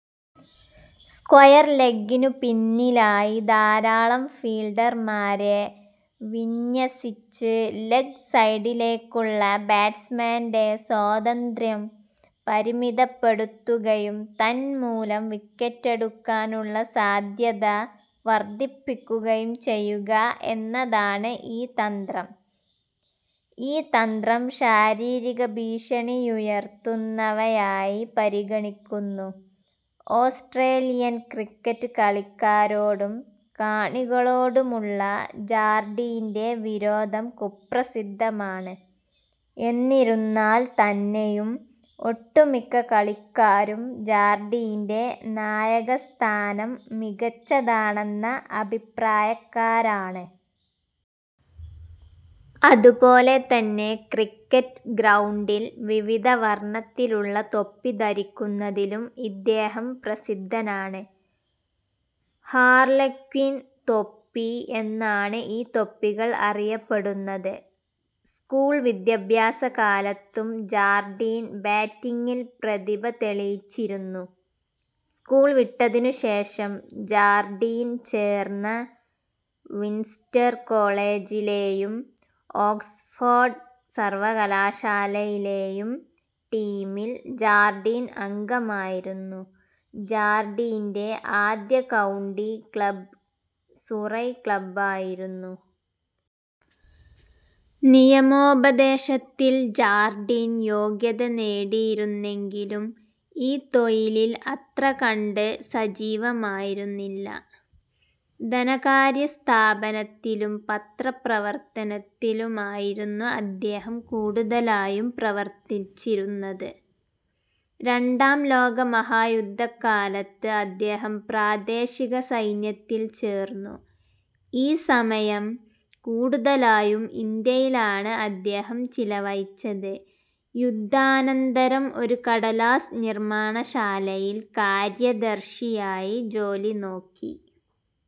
Square ലെഗ്ഗിനു പിന്നിലായി ധാരാളം ഫീൽഡർമാരെ വിന്യസിച്ച് ലെഗ് സൈഡിലേക്കുള്ള ബാറ്റ്സ്മാന്റെ സ്വാതന്ത്ര്യം പരിമിതപ്പെടുത്തുകയും തന്മൂലം വിക്കറ്റെടുക്കാനുള്ള സാധ്യത വർദ്ധിപ്പിക്കുകയും ചെയ്യുക എന്നതാണ് ഈ തന്ത്രം. ഈ തന്ത്രം ശാരീരിക ഭീഷണിയുയർത്തുന്നവയായി പരിഗണിക്കുന്നു. ഓസ്ട്രേലിയൻ ക്രിക്കറ്റ് കളിക്കാരോടും കാണികളോടുമുള്ള ജാർഡീന്റെ വിരോധം കുപ്രസിദ്ധമാണ്. എന്നിരുന്നാൽ തന്നെയും ഒട്ടുമിക്ക കളിക്കാരും ജാർഡീന്റെ നായകസ്ഥാന്മ മികച്ചതാണെന്ന അഭിപ്രായക്കാരാണ്. അതുപോലെ തന്നെ ക്രിക്കറ്റ് ഗ്രൗണ്ടിൽ വിവിധ വർണ്ണത്തിലുള്ള തൊപ്പി ധരിക്കുന്നതിലും ഇദ്ദേഹം പ്രസിദ്ധനാണ്. ഹാർലെക്വിം തൊപ്പി എന്നാണ് ഈ തൊപ്പികൾ അറിയപ്പെടുന്നത്. സ്കൂൾ വിദ്യാഭ്യാസക്കാലത്തും ജാർഡീൻ ബാറ്റിംഗിൽ പ്രതിഭതെളിയിച്ചിരുന്നു. സ്കൂൾ വിട്ടതിനുശേഷം ജാർഡീൻ ചേർന്ന വിൻസ്റ്റർ കോളേജിലേയും ഓക്സ്ഫോർഡ് സർവകലാശാലയിലെയും ടീമിൽ ജാർഡീൻ അംഗമായിരുന്നു. ജാർഡീന്റെ ആദ്യ കൗണ്ടി ക്ലബ്ബ് സുറൈ ക്ലബ്ബായിരുന്നു. നിയമോപദേശത്തിൽ ജാർഡീൻ യോഗ്യത നേടിയിരുന്നെങ്കിലും ഈ തൊഴിലിൽ അത്രകണ്ട് സജീവമായിരുന്നില്ല. ധനകാര്യസ്ഥാപനത്തിലും പത്രപ്രവർത്തനത്തിലുമായിരുന്നു അദ്ദേഹം കൂടുതലായും പ്രവർത്തിച്ചിരുന്നത്. രണ്ടാം ലോകമഹായുദ്ധക്കാലത്ത് അദ്ദേഹം പ്രാദേശിക സൈന്യത്തിൽ ചേർന്നു, ഈ സമയം കൂടുതലായും ഇന്ത്യയിലാണ് അദ്ദേഹം ചിലവഴിച്ചത്. യുദ്ധാനന്തരം ഒരു കടലാസ് നിർമ്മാണ ശാലയിൽ കാര്യദർശിയായി ജോലി നോക്കി.